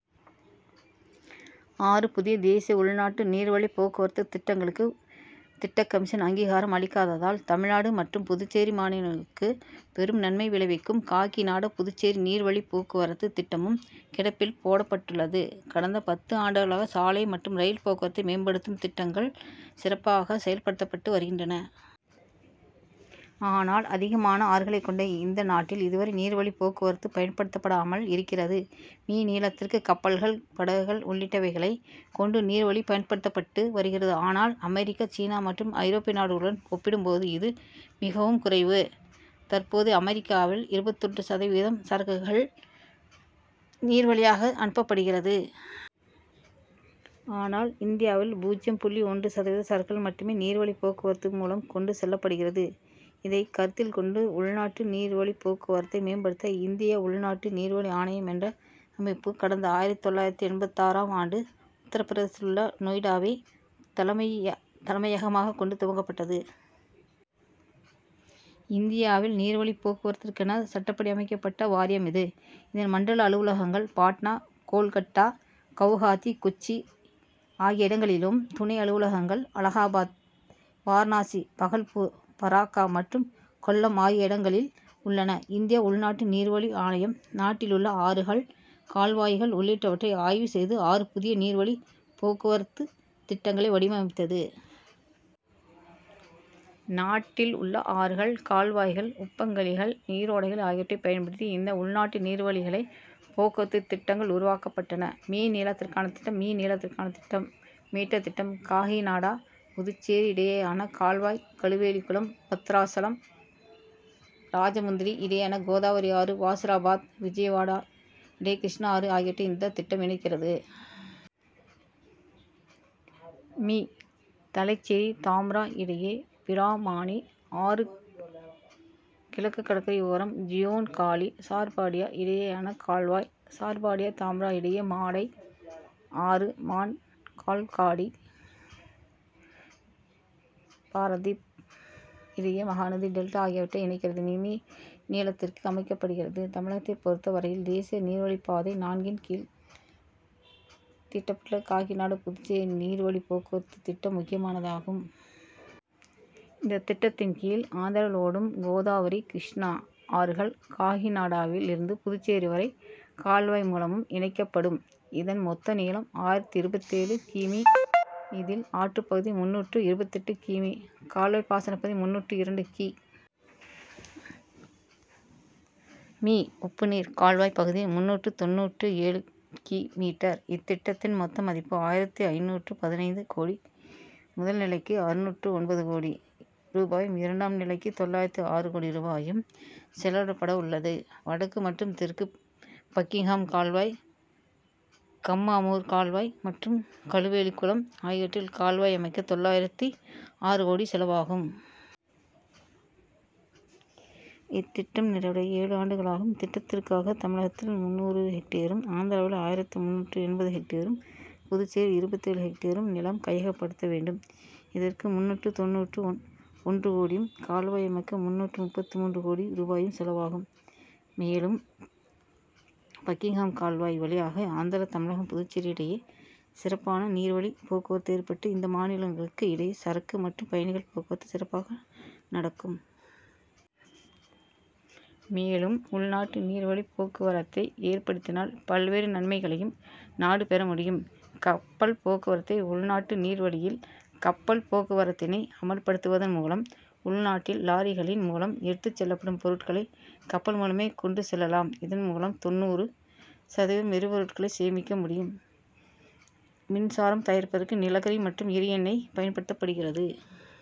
ஆறு புதிய தேசிய உள்நாட்டு நீர்வழிப்போக்குவரத்து திட்டங்களுக்கு திட்டக் கமிஷன் அங்கீகாரம் அளிக்காததால் தமிழ்நாடு மற்றும் புதுச்சேரி மாநிலங்களுக்கு பெரும் நன்மை விளைவிக்கும் காக்கிநாடா புதுச்சேரி நீர் வழிப் போக்குவரத்து திட்டமும் கிடப்பில் போடப்பட்டுள்ளது. கடந்த பத்து ஆண்டுகளாக சாலை மற்றும் ரயில் போக்குவரத்தை மேம்படுத்தும் திட்டங்கள் சிறப்பாக செயல்படுத்தப்பட்டு வருகின்றன. ஆனால் அதிகமான ஆறுகளை கொண்ட இந்த நாட்டில் இதுவரை நீர் வழிப்போக்குவரத்து பயன்படுத்தாமல் இருக்கிறது. மீ. நீளத்திற்கு கப்பல்கள் படகுகள் உள்ளிட்டவைகளை கொண்டு நீர்வழி பயன்படுத்தப்பட்டு வருகிறது. ஆனால் அமெரிக்கா சீனா மற்றும் ஐரோப்பிய நாடுகளுடன் ஒப்பிடும்போது இது மிகவும் குறைவு. தற்போது அமெரிக்காவில் இருபத்தொன்று சதவீத சரக்குகள் நீர்வழியாக அனுப்பப்படுகிறது. ஆனால் இந்தியாவில் பூஜ்யம் புள்ளி ஒன்று சதவீத சரக்குகள் மட்டுமே நீர் வழிப் போக்குவரத்து மூலம் கொண்டு செல்லப்படுகிறது. இதை கருத்தில் கொண்டு உள்நாட்டு நீர் வழிப் போக்குவரத்தை மேம்படுத்த இந்திய உள்நாட்டு நீர்வழி ஆணையம் என்ற அமைப்பு கடந்த ஆயிரத்து தொள்ளாயிரத்து எண்பத்தாறாம் ஆண்டு உத்தரபிரதேசத்தில் உள்ள நொய்டாவை தலைமையகமாக கொண்டு துவக்கப்பட்டது. இந்தியாவில் நீர்வழி போக்குவரத்திற்கென சட்டப்படி அமைக்கப்பட்ட வாரியம் இது. இதன் மண்டல அலுவலகங்கள் பாட்னா கோல்கட்டா கவுஹாத்தி கொச்சி ஆகிய இடங்களிலும் துணை அலுவலகங்கள் அலகாபாத் வாரணாசி பகல்பூர் பராக்கா மற்றும் கொல்லம் ஆகிய இடங்களில் உள்ளன. இந்திய உள்நாட்டு நீர் வழி ஆணையம் நாட்டில் உள்ள ஆறுகள் கால்வாய்கள் உள்ளிட்டவற்றை ஆய்வு செய்து ஆறு புதிய நீர் வழி போக்குவரத்து திட்டங்களை வடிவமைத்தது. நாட்டில் உள்ள ஆறுகள் கால்வாய்கள் உப்பங்கழிகள் நீரோடைகள் ஆகியவற்றை பயன்படுத்தி இந்த உள்நாட்டு நீர்வழிகளை போக்குவரத்து திட்டங்கள் உருவாக்கப்பட்டன. மீ. நீளத்திற்கான திட்டம். மீ. நீளத்திற்கான திட்டம். மீட்டர் திட்டம். காகிநாடா புதுச்சேரி இடையேயான கால்வாய் கழுவேலி குளம் பத்ராசலம் ராஜமுந்திரி இடையே கோதாவரி ஆறு வாசிராபாத் விஜயவாடா இடையே கிருஷ்ணா ஆறு ஆகியவற்றை இந்த திட்டம் இணைக்கிறது. மீ. தலைச்சேரி தாம்ரா இடையே பிராமானி ஆறு கிழக்கு கடற்கரை ஓரம் ஜியோன்காலி சார்பாடியா இடையேயான கால்வாய் சார்பாடியா தாம்ரா இடையே மாடை ஆறு மான்கால்காடி பாரதீப் இடையே மகாநதி டெல்டா ஆகியவற்றை இணைக்கிறது. மீ. மீ. நீளத்திற்கு அமைக்கப்படுகிறது. தமிழகத்தை பொறுத்த வரையில் தேசிய நீர்வழிப்பாதை நான்கின் கீழ் தீட்டப்பட்டுள்ள காகிநாடா புதுச்சேரி நீர் வழிப் போக்குவரத்து திட்டம் முக்கியமானதாகும். இந்த திட்டத்தின் கீழ் ஆந்திராவில் ஓடும் கோதாவரி கிருஷ்ணா ஆறுகள் காகிநாடாவில் இருந்து புதுச்சேரி வரை கால்வாய் மூலமும் இணைக்கப்படும். இதன் மொத்த நீளம் ஆயிரத்து இருபத்தேழு கி. மீ. இதில் ஆற்று பகுதி முந்நூற்று இருபத்தெட்டு கி. மீ. கால்வாய் பாசனப்பகுதி முந்நூற்று இரண்டு கி. மீ. உப்புநீர் கால்வாய் பகுதி முந்நூற்று தொண்ணூற்று ஏழு கி. மீட்டர். இத்திட்டத்தின் மொத்த மதிப்பு ஆயிரத்து ஐந்நூற்று பதினைந்து கோடி. முதல்நிலைக்கு அறுநூற்று ஒன்பது கோடி ரூபாயும் இரண்டாம் நிலைக்கு தொள்ளாயிரத்து ஆறு கோடி ரூபாயும் செலவிடப்பட உள்ளது. வடக்கு மற்றும் தெற்கு பக்கிங்காம் கால்வாய் கம்மாமூர் கால்வாய் மற்றும் கழுவேலி குளம் ஆகியவற்றில் கால்வாய் அமைக்க தொள்ளாயிரத்து ஆறு கோடி ரூபாய் செலவாகும். இத்திட்டம் நிறைவடைய ஏழு ஆண்டுகளாகும். இத்திட்டத்திற்காக தமிழகத்தில் முந்நூறு எக்டேரும் ஆந்திராவில் ஆயிரத்து முந்நூற்று எண்பது எக்டேரும் புதுச்சேரியில் இருபத்தேழு எக்டேரும் நிலம் கையகப்படுத்த வேண்டும். இதற்கு முந்நூற்று தொண்ணூற்று ஒன்று கோடியும் கால்வாய் அமைக்க முந்நூற்று முப்பத்து மூன்று கோடி ரூபாயும் செலவாகும். மேலும் பக்கிங்காம் கால்வாய் வழியாக ஆந்திரா தமிழகம் புதுச்சேரி இடையே சிறப்பான நீர் வழி போக்குவரத்து ஏற்பட்டு இந்த மாநிலங்களுக்கு இடையே சரக்கு மற்றும் பயணிகள் போக்குவரத்து சிறப்பாக நடக்கும். மேலும் உள்நாட்டு நீர் வழிப் போக்குவரத்தை ஏற்படுத்தினால் பல்வேறு நன்மைகளையும் நாடு பெற முடியும். கப்பல் போக்குவரத்து உள்நாட்டு நீர் வழியில் கப்பல் போக்குவரத்தினை அமல்படுத்துவதன் மூலம் உள்நாட்டில் லாரிகளின் மூலம் எடுத்து செல்லப்படும் பொருட்களை கப்பல் மூலமே கொண்டு செல்லலாம். இதன் மூலம் தொண்ணூறு சதவீத எரிபொருளை சேமிக்க முடியும். மின்சாரம் தயாரிப்பதற்கு நிலக்கரி மற்றும் எரி எண்ணெய் பயன்படுத்தப்படுகிறது.